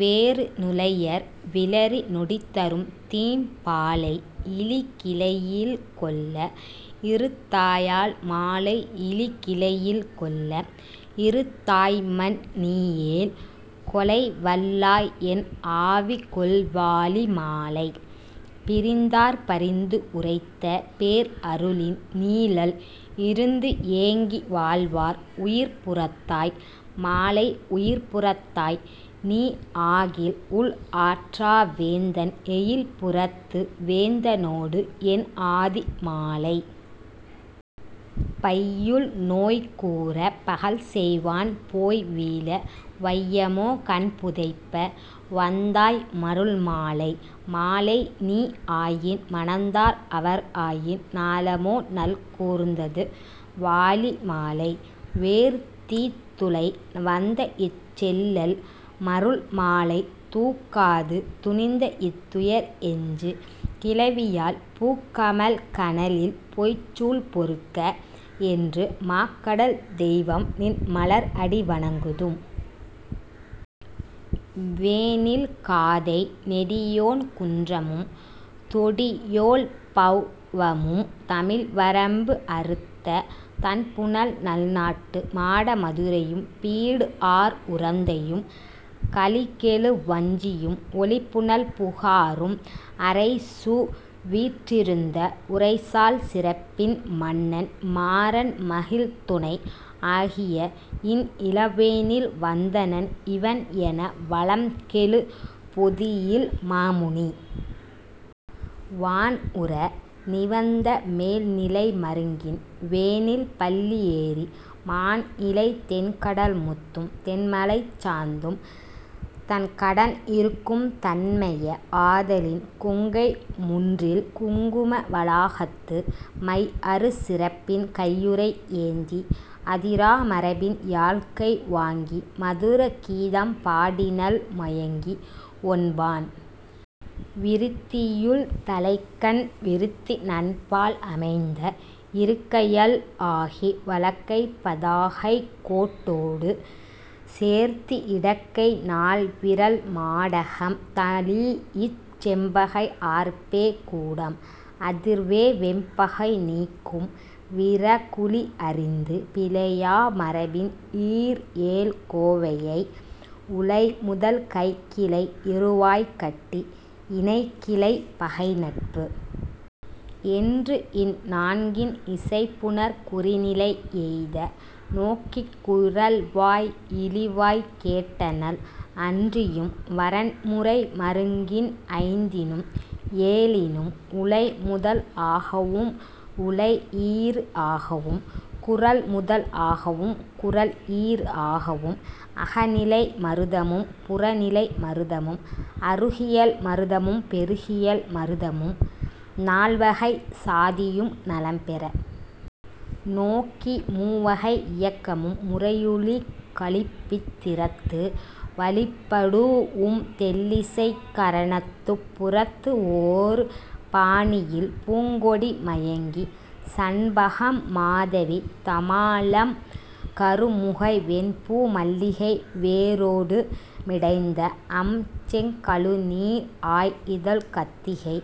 வேறு நுளையர் விளரி நொடிதரும்தீம் பாலை இளிகிளையில் கொள்ள இறுத்தாயால் மாலை இளிகிளையில் கொள்ள இறுத்தாய்மன் நீயேல் கொளைவல்லாய் என்ஆவி கொள்வாழி மாலை. பிரிந்தார் பரிந்துஉரைத்த பேர்அருளின் நீழல் இருந்துஏங்கி வாழ்வார் உயிர்ப்புறத்தாய் மாலை உயிர்ப்புறத்தாய் நீஆகில் உள்ஆற்றா வேந்தன் எயில்புறத்து வேந்தனோடு என்ஆதி மாலை. பையுள்நோய் கூரப் பகல்செய்வான் போய்வீழ வையமோ கண்புதைப்ப வந்தாய் மருள்மாலை மாலைநீ ஆயின் மணந்தார் அவர்ஆயின் ஞாலமோ நல்கூர்ந் ததுவாழி மாலை. வேறு தீத்துழை வந்தஇச் செல்லல் மருள்மாலை தூக்காது துணிந்தஇத் துயர்எஞ்சு கிளவியால் பூக்கமழ் கனலில் பொய்ச்சூள் பொறுக்க என்று மாக்கடல் தெய்வம்நின் மலர்அடி வணங்குதும். வேனில் காதை நெடியோன் குன்றமும் தொடியோள் பெளவமும் தமிழ்வரம்பு அறுத்த தண்புனல் நல்நாட்டு மாட மதுரையும் பீடுஆர் உறந்தையும் கலிகெழு வஞ்சியும் ஒலிபுனல் புகாரும் அரைசுவீற் றிருந்த உரைசால் சிறப்பின் மன்னன் மாரன் மகிழ்துணை ஆகிய இன்இள வேனில் வந்தனன் இவண்என வளம்கெழு பொதியில் மாமுனி வான்உற நிவந்த மேல்நிலை மருங்கின் வேனில் பள்ளி ஏறி மாண்இழை தென்கடல் முத்தும் தென்மலைச் சாந்தும் தன்கடன் இறுக்கும் தன்மைய ஆதலின் கொங்கை முன்றில் குங்கும வளாகத்து மைஅறு சிறப்பின் கையுறை ஏந்தி அதிரா மரபின் யாழ்கை வாங்கி மதுர கீதம் பாடினள் மயங்கி, ஒன்பான் விருத்தியுள் தலைக்கண் விருத்தி நன்பால் அமைந்த இருக்கையள் ஆகி, வலக்கைப் பதாகை கோட்டொடு சேர்த்தி இடக்கை நால்விரல் மாடகம் தழீஇச் செம்பகை ஆர்ப்பே கூடம் அதிர்வே வெம்பகை நீக்கும் விரகுளி அறிந்து, பிழையா மரபின் ஈர்ஏழ் கோவையை உழைமுதல் கைக்கிளை இறுவாய் கட்டி, இணைகிளை பகைநட்பு என்றுஇந் நான்கின் இசைபுணர் குறிநிலை எய்த நோக்கிக் குரல்வாய் இளிவாய்க் கேட்டனள் அன்றியும் வரன்முறை மருங்கின் ஐந்தினும் ஏழினும் உழைமுதல் ஆகவும் உழைஈறு ஆகவும் குரல்முதல் ஆகவும் குரல்ஈறு ஆகவும் அகநிலை மருதமும் புறநிலை மருதமும் அருகியல் மருதமும் பெருகியல் மருதமும் நால்வகைச் சாதியும் நலம்பெற நோக்கி, மூவகை இயக்கமும் முறையுளிக் கழிப்பித் திறத்து வழிப்படூஉம் தெள்ளிசைக் கரணத்துப் புறத்துஒரு பாணியில் பூங்கொடி மயங்கி, சண்பகம் மாதவி தமாலம் கருமுகை வெண்பூ மல்லிகை வேரொடு மிடைந்த அம்செங் கழுநீர் ஆய்இதழ்க் கத்திகை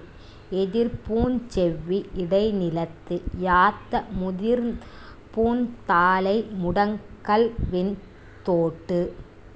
எதிர்ப்பூஞ் செவ்வி இடைநிலத்து யாத்த முதிர்பூந் தாழை முடங்கல்வெண் தோட்டு